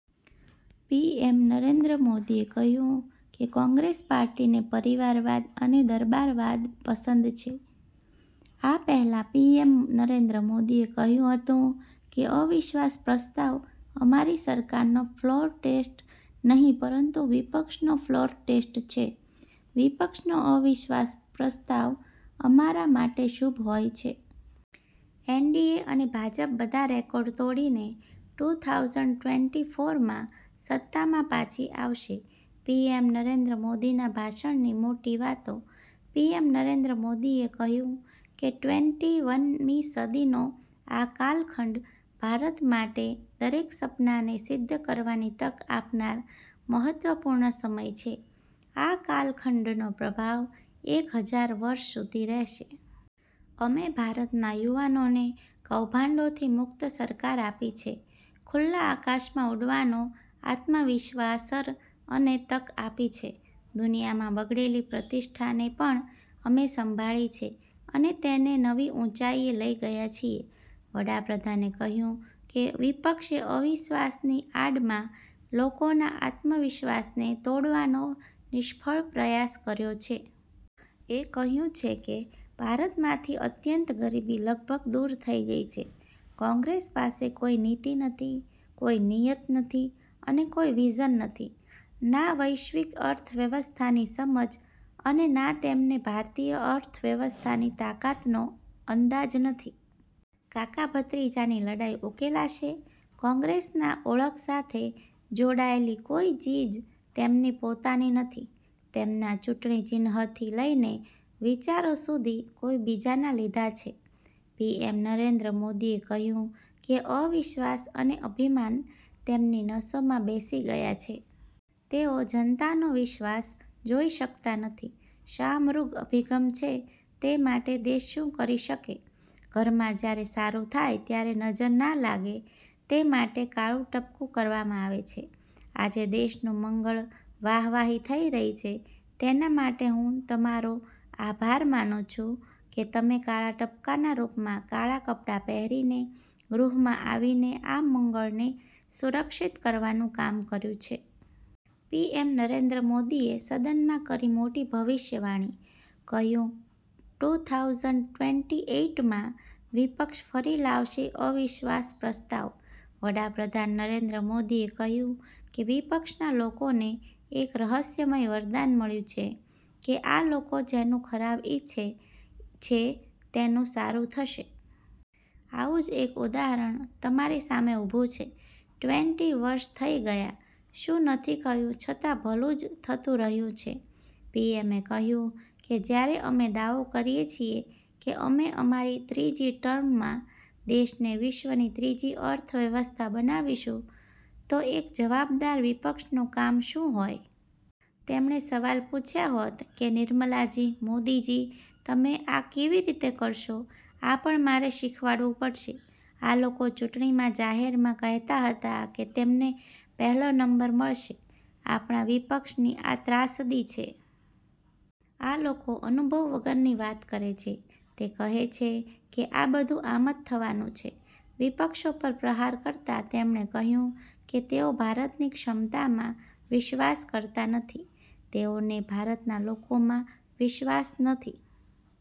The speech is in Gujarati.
પીએમ નરેન્દ્ર મોદીએ કહ્યું કે કોંગ્રેસ પાર્ટીને પરિવારવાદ અને દરબારવાદ પસંદ છે. આ પહેલા પીએમ નરેન્દ્ર મોદીએ કહ્યું હતું કે અવિશ્વાસ પ્રસ્તાવ અમારી સરકારનો ફ્લોર ટેસ્ટ નહીં પરંતુ વિપક્ષનો ફ્લોર ટેસ્ટ છે. વિપક્ષનો અવિશ્વાસ પ્રસ્તાવ અમારા માટે શુભ હોય છે. એનડીએ અને ભાજપ બધા રેકોર્ડ તોડીને ટૂ થાઉસન્ડ ટ્વેન્ટી ફોરમાં સત્તામાં પાછી આવશે પીએમ નરેન્દ્ર મોદીના ભાષણની મોટી વાતો -પીએમ નરેન્દ્ર મોદીએ કહ્યું કે ટ્વેન્ટી વનમી સદીનો આ કાલખંડ ભારત માટે દરેક સપનાને સિદ્ધ કરવાની તક આપનાર મહત્વપૂર્ણ સમય છે, આ કાલખંડનો પ્રભાવ એક હજાર વર્ષ સુધી રહેશે. અમે ભારતના યુવાનોને કૌભાંડોથી મુક્ત સરકાર આપી છે. ખુલ્લા આકાશમાં ઉડવાનો આત્મવિશ્વાસર અને તક આપી છે. દુનિયામાં બગડેલી પ્રતિષ્ઠાને પણ અમે સંભાળી છે અને તેને નવી ઊંચાઈએ લઈ ગયા છીએ. વડાપ્રધાને કહ્યું કે વિપક્ષે અવિશ્વાસની આડમાં લોકોના આત્મવિશ્વાસને તોડવાનો નિષ્ફળ પ્રયાસ કર્યો છે. એ કહ્યું છે કે ભારતમાંથી અત્યંત ગરીબી લગભગ દૂર થઈ ગઈ છે. કોંગ્રેસ પાસે કોઈ નીતિ નથી, કોઈ નિયત નથી અને કોઈ વિઝન નથી, ના વૈશ્વિક અર્થવ્યવસ્થાની સમજ અને ના તેમને ભારતીય અર્થવ્યવસ્થાની તાકાતનો અંદાજ નથી. કાકા-ભત્રીજાની લડાઈ ઉકેલાશે? કોંગ્રેસના ઓળખ સાથે જોડાયેલી કોઇ ચીજ તેમની પોતાની નથી. તેમના ચૂંટણી ચિન્હથી લઇને વિચારો સુધી કોઇ બીજાના લીધા છે. પીએમ નરેન્દ્ર મોદીએ કહ્યું કે અવિશ્વાસ અને અભિમાન તેમની નસોમાં બેસી ગયા છે. તેઓ જનતાનો વિશ્વાસ જોઈ શકતા નથી. શાહમૃગ અભિગમ છે તે માટે દેશ શું કરી શકે. ઘરમાં જ્યારે સારું થાય ત્યારે નજર ના લાગે તે માટે કાળું ટપકું કરવામાં આવે છે. આજે દેશનું મંગળ, વાહવાહી થઇ રહી છે તેના માટે હું તમારો આભાર માનું છું કે તમે કાળા ટપકાના રૂપમાં કાળા કપડા પહેરીને ગૃહમાં આવીને આ મંગળને સુરક્ષિત કરવાનું કામ કર્યું છે. પીએમ નરેન્દ્ર મોદીએ સદનમાં કરી મોટી ભવિષ્યવાણી, કહ્યું ટૂ થાઉસન્ડ ટ્વેન્ટી એઈટમાં વિપક્ષ ફરી લાવશે અવિશ્વાસ પ્રસ્તાવ -વડાપ્રધાન નરેન્દ્ર મોદીએ કહ્યું કે વિપક્ષના લોકોને એક રહસ્યમય વરદાન મળ્યું છે કે આ લોકો જેનું ખરાબ ઈચ્છે છે તેનું સારું થશે. આવું જ એક ઉદાહરણ તમારી સામે ઊભું છે. ટ્વેન્ટી વર્ષ થઈ ગયા, શું નથી કહ્યું છતા ભલું જ થતું રહ્યું છે -પીએમે કહ્યું કે જ્યારે અમે દાવો કરીએ છીએ કે અમે અમારી ત્રીજી ટર્મમાં દેશને વિશ્વની ત્રીજી અર્થવ્યવસ્થા બનાવીશું તો એક જવાબદાર વિપક્ષનું કામ શું હોય? તેમણે સવાલ પૂછ્યા હોત કે 'નિર્મલા જી, મોદીજી તમે આ કેવી રીતે કરશો? આ પણ મારે શીખવાડવું પડશે. આ લોકો ચૂંટણીમાં જાહેરમાં કહેતા હતા કે તેમને પહેલો નંબર મળશે. આપણા વિપક્ષની આ ત્રાસદી છે. આ લોકો અનુભવ વગરની વાત કરે છે. તે કહે છે કે આ બધું આમ જ થવાનું છે -વિપક્ષો પર પ્રહાર કરતા તેમણે કહ્યું કે તેઓ ભારતની ક્ષમતામાં વિશ્વાસ કરતા નથી. તેઓને ભારતના લોકોમાં વિશ્વાસ નથી.